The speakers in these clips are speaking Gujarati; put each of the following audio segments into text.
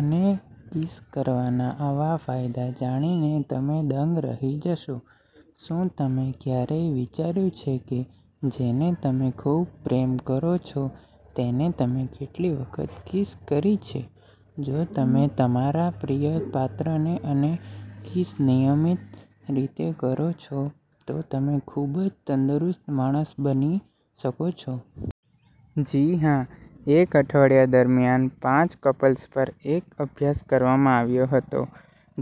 અને કિસ કરવાના આવા ફાયદા જાણીને તમે દંગ રહી જશો. શું તમે ક્યારેય વિચાર્યુ છેકે જેને તમે ખુબ પ્રેમ કરો છો તેને તમે કેટલી વખત કિસ કરી છે? જો તમે તમારા પ્રિય પાત્રને અને કિસ નિયમીત રીતે કરો છો, તો તમે ખુબ જ તંદુરસ્ત માણસ બની શકો છો. જી હા, એક અઠવાડિયા દરમ્યાન પાંચ કપલ્સ પર એક અભ્યાસ કરવામાં આવ્યો હતો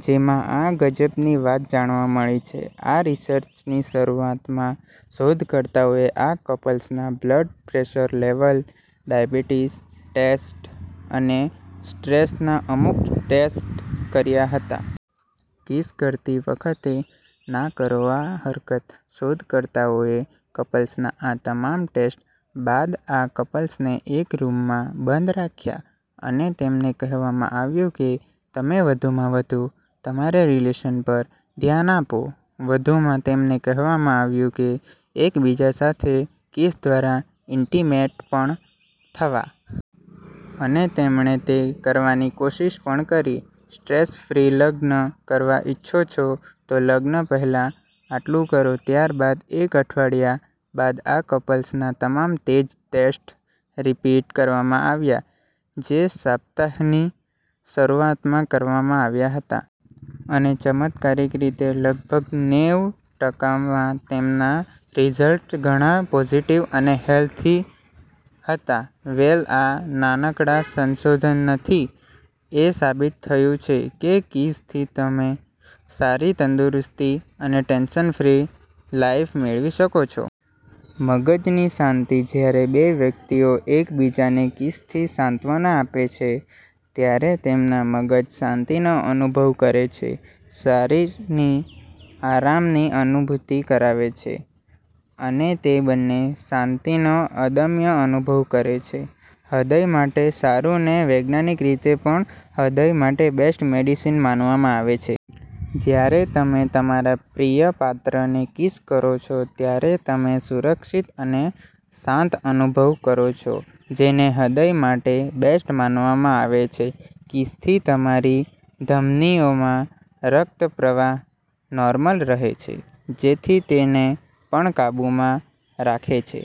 જેમા આ ગજબની વાત જાણવા મળી છે. આ રીસર્ચની શરૂઆતમાં શોધકર્તાઓએ આ કપલ્સના blood pressure level, diabetic test, અને સ્ટ્રેસના અમુક ટેસ્ટ કર્યા હતા. કિસ કરતી વખતે ના કરો આ હરકત શોધકર્તાઓએ કપલ્સના આ તમામ ટેસ્ટ બાદ આ કપલ્સને એક રૂમમાં બંધ રાખ્યા અને તેમને કહેવામાં આવ્યુ કે તમે વધુમાં વધુ તમારા રીલેશન પર ધ્યાન આપો વધુમાં તેમને કહેવામાં આવ્યુ કે એકબીજા સાથે કિસ દ્વારા ઇન્ટીમેટપણ થાવ. અને તેમણે તે કરવાની કોશિષ પણ કરી. સ્ટ્રેસ ફ્રી લગ્ન કરવા ઇચ્છો છો? તો લગ્ન પહેલા આટલું કરો .ત્યારબાદ એક અઠવાડિયા બાદ આ કપલ્સના તમામ તેજ ટેસ્ટ રીપીટ કરવામાં આવ્યા જે સપ્તાહની શરૂઆતમાં કરવામાં આવ્યા હતા. અને ચમત્કારિક રીતે લગભગ નેવ ટકા માં તેમના રીઝલ્ટ્સ ઘણાં પોઝીટીવ અને હેલ્થી હતા. વેલ આ નાનકડા સંશોધનથી એ સાબિત થયુ છે કે કિસ થી તમેં સારી તંદુરસ્તી અને ટેન્શન ફ્રી લાઇફ મેળવી શકો છો. મગજની શાંતિ જ્યારે બે વ્યક્તિઓ એકબીજાને કિસથી સાંત્વના આપે છે, ત્યારે તેમના મગજ શાંતિનો અનુભવ કરે છે. શરીરને આરામની અનુભૂતિ કરાવે છે, અને તે બંને શાંતિનો અદમ્ય અનુભવ કરે છે. હ્રદય માટે સારૂં ને વૈજ્ઞાનિક રીતે પણ હ્રદય માટે બેસ્ટ મેડિસીન માનવામાં આવે છે. જ્યારે તમે તમારા પ્રિય પાત્રને કિસ કરો છો, ત્યારે તમે સુરક્ષિત અને શાંત અનુભવ કરો છો. જેને હ્રદય માટે બેસ્ટ માનવામાં આવે છે. કિસ થી તમારી ધમનીઓમાં રક્તપ્રવાહ નોર્મલ રહે છે, જેથી તે ને પણ કાબુમાં રાખે છે.